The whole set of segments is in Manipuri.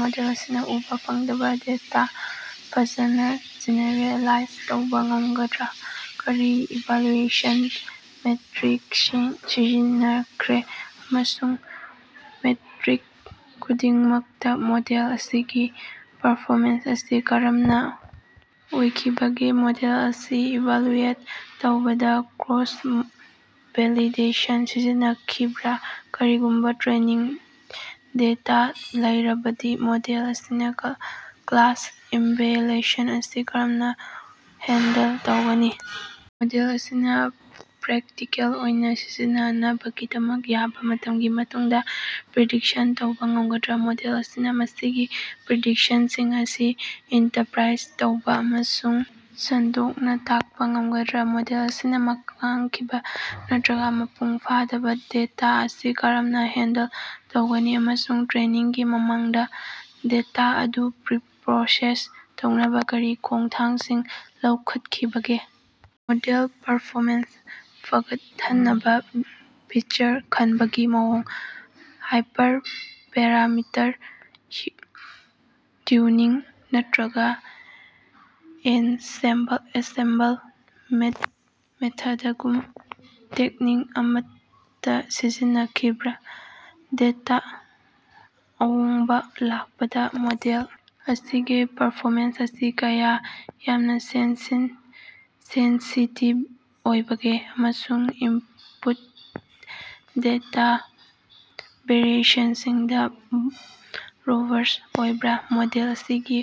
ꯃꯣꯗꯦꯜ ꯑꯁꯤꯅ‌ ꯎꯕꯥ ꯐꯪꯗꯕ ꯗꯦꯇꯥ ꯐꯖꯅ ꯖꯦꯅꯦꯔꯦꯂꯥꯏꯖ ꯇꯧꯕ ꯉꯝꯒꯗ꯭ꯔꯥ? ꯀꯔꯤ ꯏꯚꯥꯂꯨꯑꯦꯁꯟ ꯃꯦꯇꯔꯤꯛꯁꯤꯡ ꯁꯤꯖꯤꯟꯅꯈ꯭ꯔꯦ ꯑꯃꯁꯨꯡ ꯃꯦꯇꯔꯤꯛ ꯈꯨꯗꯤꯡꯃꯛꯇ‌ ꯃꯣꯗꯦꯜ ꯑꯁꯤꯒꯤ ꯄꯔꯐꯣꯃꯦꯟꯁ ꯑꯁꯤ ꯀꯔꯝꯅ ꯑꯣꯏꯈꯤꯕꯒꯦ? ꯃꯣꯗꯦꯜ ꯑꯁꯤ ꯏꯚꯥꯂꯨꯑꯦꯠ ꯇꯧꯕꯗ ꯀ꯭ꯔꯣꯁ-ꯚꯦꯂꯤꯗꯦꯁꯟ ꯁꯤꯖꯤꯟꯅꯈꯤꯕꯔꯥ? ꯀꯔꯤꯒꯨꯝꯕ ꯇ꯭ꯔꯦꯅꯤꯡ ꯗꯦꯇꯥ ꯂꯩꯔꯕꯗꯤ ꯃꯣꯗꯦꯜ ꯑꯁꯤꯅ ꯀ꯭ꯂꯥꯁ ꯏꯝꯕꯦꯂꯦꯟꯁꯟ ꯑꯁꯤ ꯀꯔꯝꯅ ꯍꯦꯟꯗꯜ ꯇꯧꯒꯅꯤ? ꯃꯣꯗꯦꯜ ꯑꯁꯤꯅ ꯄ꯭ꯔꯦꯛꯇꯤꯀꯦꯜ ꯑꯣꯏꯅ ꯁꯤꯖꯤꯟꯅꯅꯕꯒꯤꯗꯃꯛ ꯌꯥꯕ ꯃꯇꯝꯒꯤ ꯃꯅꯨꯡꯗ‌ ꯄ꯭ꯔꯤꯗꯤꯛꯁꯟ ꯇꯧꯕ ꯉꯝꯒꯗ꯭ꯔꯥ? ꯃꯣꯗꯦꯜ ꯑꯁꯤꯅ ꯃꯁꯤꯒꯤ ꯄ꯭ꯔꯤꯗꯤꯛꯁꯟꯁꯤꯡ ꯑꯁꯤ ꯏꯟꯇꯔꯄꯔꯥꯏꯖ ꯇꯧꯕ ꯑꯃꯁꯨꯡ ꯁꯟꯗꯣꯛꯅ ꯇꯥꯛꯄ ꯉꯝꯒꯗ꯭ꯔꯥ? ꯃꯣꯗꯦꯜ ꯑꯁꯤꯅ ꯃꯥꯡꯈꯤꯕ ꯅꯠꯇꯔꯒ ꯃꯄꯨꯡ ꯐꯥꯗꯕ ꯗꯦꯇꯥ ꯑꯁꯤ ꯀꯔꯝꯅ‌ ꯍꯦꯟꯗꯜ ꯇꯧꯒꯅꯤ, ꯑꯃꯁꯨꯡ ꯇ꯭ꯔꯦꯅꯤꯡꯒꯤ ꯃꯃꯥꯡꯗ ꯗꯦꯇꯥ ꯑꯗꯨ ꯄ꯭ꯔꯤꯄꯔꯣꯁꯦꯁ ꯇꯧꯅꯕ ꯀꯔꯤ ꯈꯣꯡꯊꯥꯡꯁꯤꯡ ꯂꯧꯈꯠꯈꯤꯕꯒꯦ? ꯃꯣꯗꯦꯜ ꯄꯔꯐꯣꯃꯦꯟꯁ ꯐꯒꯠꯍꯟꯅꯕ ꯐꯤꯆꯔ ꯈꯟꯕꯒꯤ ꯃꯑꯣꯡ, ꯍꯥꯏꯄꯔꯄꯦꯔꯥꯃꯤꯇꯔ ꯇ꯭ꯌꯨꯅꯤꯡ, ꯅꯠꯇꯔꯒ ꯑꯦꯟꯁꯦꯝꯕꯜ ꯃꯦꯊꯗꯒꯨꯝꯕ ꯇꯦꯛꯅꯤꯛ ꯑꯃꯠ ꯁꯤꯖꯤꯟꯅꯈꯤꯕꯔꯥ? ꯗꯦꯇꯥꯗ ꯑꯍꯣꯡꯕꯥ ꯂꯥꯛꯄꯗ ꯃꯣꯗꯦꯜ ꯑꯁꯤꯒꯤ ꯄꯔꯐꯣꯃꯦꯟꯁ ꯑꯁꯤ ꯀꯌꯥ ꯌꯥꯝꯅ ꯁꯦꯟꯁꯤꯇꯤꯕ ꯑꯣꯏꯕꯒꯦ, ꯑꯃꯁꯨꯡ ꯏꯟꯄꯨꯠ ꯗꯦꯇꯥꯗ ꯚꯦꯔꯤꯑꯦꯁꯟꯁꯤꯡꯗ ꯔꯣꯕꯁ꯭ꯠ ꯑꯣꯏꯕꯔꯥ? ꯃꯣꯗꯦꯜ ꯑꯁꯤꯒꯤ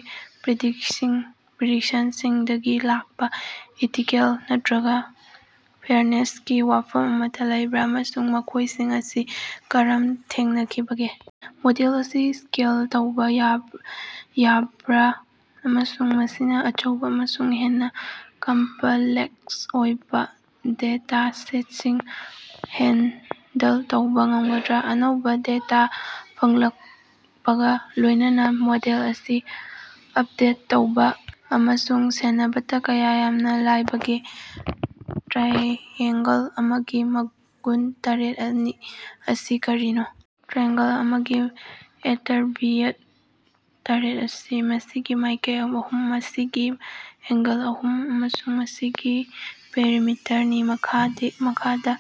ꯄ꯭ꯔꯤꯗꯤꯛꯁꯟꯁꯤꯡꯗꯒꯤ ꯂꯥꯛꯄ ꯏꯊꯤꯀꯦꯜ ꯅꯠꯇꯔꯒ ꯐꯦꯌꯔꯅꯦꯁꯀꯤ ꯋꯥꯐꯝ ꯑꯃꯠꯇ ꯂꯩꯕꯔꯥ, ꯑꯃꯁꯨꯡ ꯃꯈꯣꯏꯁꯤꯡ ꯑꯁꯤ ꯀꯔꯝ ꯊꯦꯡꯅꯈꯤꯕꯒꯦ? ꯃꯣꯗꯦꯜ ꯑꯁꯤ ꯁ꯭ꯀꯦꯜ ꯇꯧꯕ ꯌꯥꯕꯥꯔ, ꯑꯃꯁꯨꯡ ꯃꯁꯤꯅ ꯑꯆꯧꯕ ꯑꯃꯁꯨꯡ ꯍꯦꯟꯅ ꯀꯝꯄꯂꯦꯛꯁ ꯑꯣꯏꯕ ꯗꯦꯇꯥꯁꯦꯠꯁꯤꯡ ꯍꯦꯟꯗꯜ ꯇꯧꯕ ꯉꯝꯒꯗ꯭ꯔꯥ? ꯑꯅꯧꯕ ꯗꯦꯇꯥ ꯐꯪꯂꯛꯄꯒ ꯂꯣꯏꯅꯅ ꯃꯣꯗꯦꯜ ꯑꯁꯤ ꯑꯞꯗꯦꯠ ꯇꯧꯕ ꯑꯃꯁꯨꯡ ꯁꯦꯟꯅꯕꯗ ꯀꯌꯥ ꯌꯥꯝꯅ ꯂꯥꯏꯕꯒꯦ? ꯇ꯭ꯔꯥꯏꯑꯦꯡꯒꯜ ꯑꯃꯒꯤ ꯃꯒꯨꯟ ꯇꯔꯦꯠ ꯑꯁꯤ ꯀꯔꯤꯅꯣ? ꯇ꯭ꯔꯥꯏꯑꯦꯡꯒꯜ ꯑꯃꯒꯤ ꯑꯦꯇꯔꯤꯕꯤꯎꯠ ꯇꯔꯦꯠ ꯑꯁꯤ ꯃꯁꯤꯒꯤ ꯃꯥꯏꯀꯩ ꯑꯍꯨꯝ, ꯃꯁꯤꯒꯤ ꯑꯦꯡꯒꯜ ꯑꯍꯨꯝ ꯑꯃꯁꯨꯡ ꯃꯁꯤꯒꯤ ꯄꯦꯔꯤꯃꯤꯇꯔꯅꯤ꯫ ꯃꯈꯥꯗ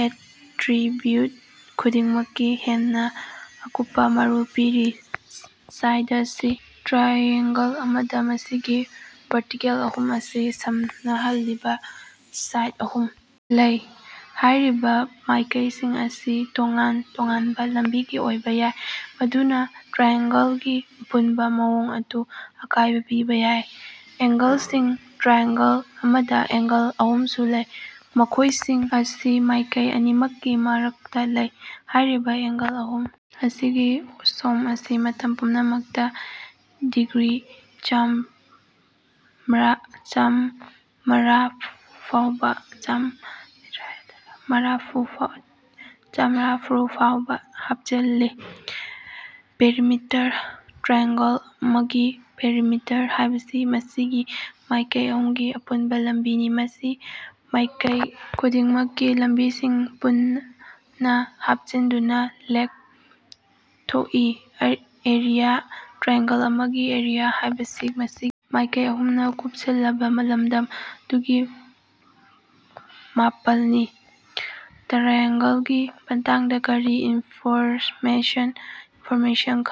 ꯑꯦꯇꯔꯤꯕꯤꯎꯠ ꯈꯨꯗꯤꯡꯃꯛꯀꯤ ꯍꯦꯟꯅ ꯑꯀꯨꯞꯄꯥ ꯃꯔꯣꯜ ꯄꯤꯔꯤ - ꯁꯥꯏꯗꯁꯤꯡ - ꯇ꯭ꯔꯥꯏꯑꯦꯡꯒꯜ ꯑꯃꯗ ꯃꯁꯤꯒꯤ ꯚꯔꯇꯤꯀꯦꯜ ꯑꯍꯨꯝ ꯑꯁꯤ ꯁꯝꯅꯍꯜꯂꯤꯕ ꯁꯥꯏꯗ ꯑꯍꯨꯝ ꯂꯩ꯫ ꯍꯥꯏꯔꯤꯕ ꯃꯥꯏꯀꯩꯁꯤꯡ ꯑꯁꯤ ꯇꯣꯉꯥꯟ ꯇꯣꯉꯥꯟꯕ ꯂꯝꯕꯤꯒꯤ ꯑꯣꯏꯕ ꯌꯥꯏ, ꯃꯗꯨꯅ ꯇ꯭ꯔꯥꯏꯑꯦꯡꯒꯜꯒꯤ ꯑꯄꯨꯟꯕ ꯃꯑꯣꯡ ꯃꯇꯧꯗ ꯑꯀꯥꯏꯕ ꯄꯤꯕ ꯌꯥꯏ꯫ ꯑꯦꯡꯒꯜꯁꯤꯡ - ꯇ꯭ꯔꯥꯏꯑꯦꯡꯒꯜ ꯑꯃꯗ ꯑꯦꯡꯒꯜ ꯑꯍꯨꯝꯁꯨ ꯂꯩ, ꯃꯈꯣꯏꯁꯤꯡ ꯑꯁꯤ ꯃꯥꯏꯀꯩ ꯑꯅꯤꯃꯛꯀꯤ ꯃꯔꯛꯇ ꯂꯩ꯫ ꯍꯥꯏꯔꯤꯕ ꯑꯦꯡꯒꯜ ꯑꯍꯨꯝ ꯑꯁꯤꯒꯤ ꯁꯣꯝ ꯑꯁꯤ ꯃꯇꯝ ꯄꯨꯝꯅꯃꯛꯇ ꯗꯤꯒ꯭ꯔꯤ ꯆꯥꯝꯃꯔꯥꯐꯨ ꯐꯥꯎꯕ ꯍꯥꯞꯆꯤꯜꯂꯤ꯫ ꯄꯦꯔꯤꯃꯤꯇꯔ - ꯇ꯭ꯔꯥꯏꯑꯦꯡꯒꯜ ꯑꯃꯒꯤ ꯄꯦꯔꯤꯃꯤꯇꯔ ꯍꯥꯏꯕꯁꯤ ꯃꯁꯤꯒꯤ ꯃꯥꯏꯀꯩ ꯑꯍꯨꯝꯒꯤ ꯑꯄꯨꯟꯕ ꯂꯝꯕꯤꯅꯤ꯫ ꯃꯁꯤ ꯃꯥꯏꯀꯩ ꯈꯨꯗꯤꯡꯃꯛꯀꯤ ꯂꯝꯕꯤꯁꯤꯡ ꯄꯨꯟꯅ ꯍꯥꯞꯆꯤꯟꯗꯨꯅ ꯂꯦꯞꯊꯣꯛꯏ꯫ ꯑꯦꯔꯤꯌꯥ -ꯇ꯭ꯔꯥꯏꯑꯦꯡꯒꯜ ꯑꯃꯒꯤ ꯑꯦꯔꯤꯌꯥ ꯍꯥꯏꯕꯁꯤ ꯃꯁꯤꯒꯤ ꯃꯥꯏꯀꯩ ꯑꯍꯨꯝꯅ ꯀꯨꯞꯁꯤꯜꯂꯕ ꯂꯝꯗꯝ ꯑꯗꯨꯒꯤ ꯃꯥꯄꯜꯅꯤ꯫ ꯇ꯭ꯔꯥꯏꯑꯦꯡꯒꯜꯒꯤ ꯃꯇꯥꯡꯗ ꯀꯔꯤ ꯏꯟꯐꯣꯔꯃꯦꯁꯟ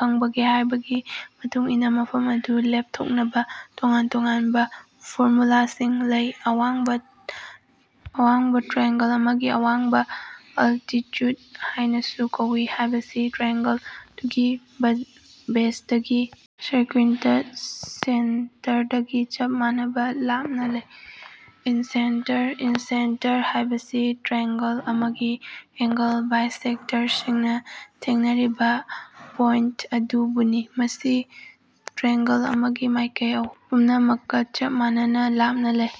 ꯈꯡꯕꯒꯦ ꯍꯥꯏꯕꯒꯤ ꯃꯇꯨꯡ ꯏꯟꯅ ꯃꯐꯝ ꯑꯗꯨ ꯂꯦꯞꯊꯣꯛꯅꯕ ꯇꯣꯉꯥꯟ ꯇꯣꯉꯥꯟꯕ ꯐꯣꯔꯃꯨꯂꯥꯁꯤꯡ ꯂꯩ꯫ ꯑꯋꯥꯡꯕ - ꯇ꯭ꯔꯥꯏꯑꯦꯡꯒꯜ ꯑꯃꯒꯤ ꯑꯋꯥꯡꯕ, ꯑꯜꯇꯤꯆꯨꯗ ꯍꯥꯏꯅꯥꯁꯨ ꯀꯧꯏ ꯍꯥꯏꯕꯁꯤ ꯇ꯭ꯔꯥꯏꯑꯦꯡꯒꯜ ꯑꯗꯨꯒꯤ ꯕꯦꯖꯗꯒꯤ ꯁꯔꯀ꯭ꯌꯨꯏꯟꯇ ꯁꯦꯟꯇꯔꯗꯒꯤ ꯆꯞ ꯃꯥꯟꯅꯕ ꯂꯥꯞꯅ ꯂꯩ꯫ ꯏꯟꯁꯦꯟꯇꯔ -ꯏꯟꯁꯦꯟꯇꯔ ꯍꯥꯏꯕꯁꯤ ꯇ꯭ꯔꯥꯏꯑꯦꯡꯒꯜ ꯑꯃꯒꯤ ꯑꯦꯡꯒꯜ ꯕꯥꯏꯁꯦꯛꯇꯔꯁꯤꯡꯅ ꯊꯦꯡꯅꯔꯤꯕ ꯄꯣꯏꯟꯇ ꯑꯗꯨꯕꯨꯅꯤ꯫ ꯃꯁꯤ ꯇ꯭ꯔꯤꯑꯦꯡꯒꯜ ꯑꯃꯒꯤ ꯃꯥꯏꯀꯩ ꯑꯍꯨꯝ ꯄꯨꯝꯅꯃꯛꯀ ꯆꯞ ꯃꯥꯟꯅꯅꯥ ꯂꯥꯞꯅ ꯂꯩ꯫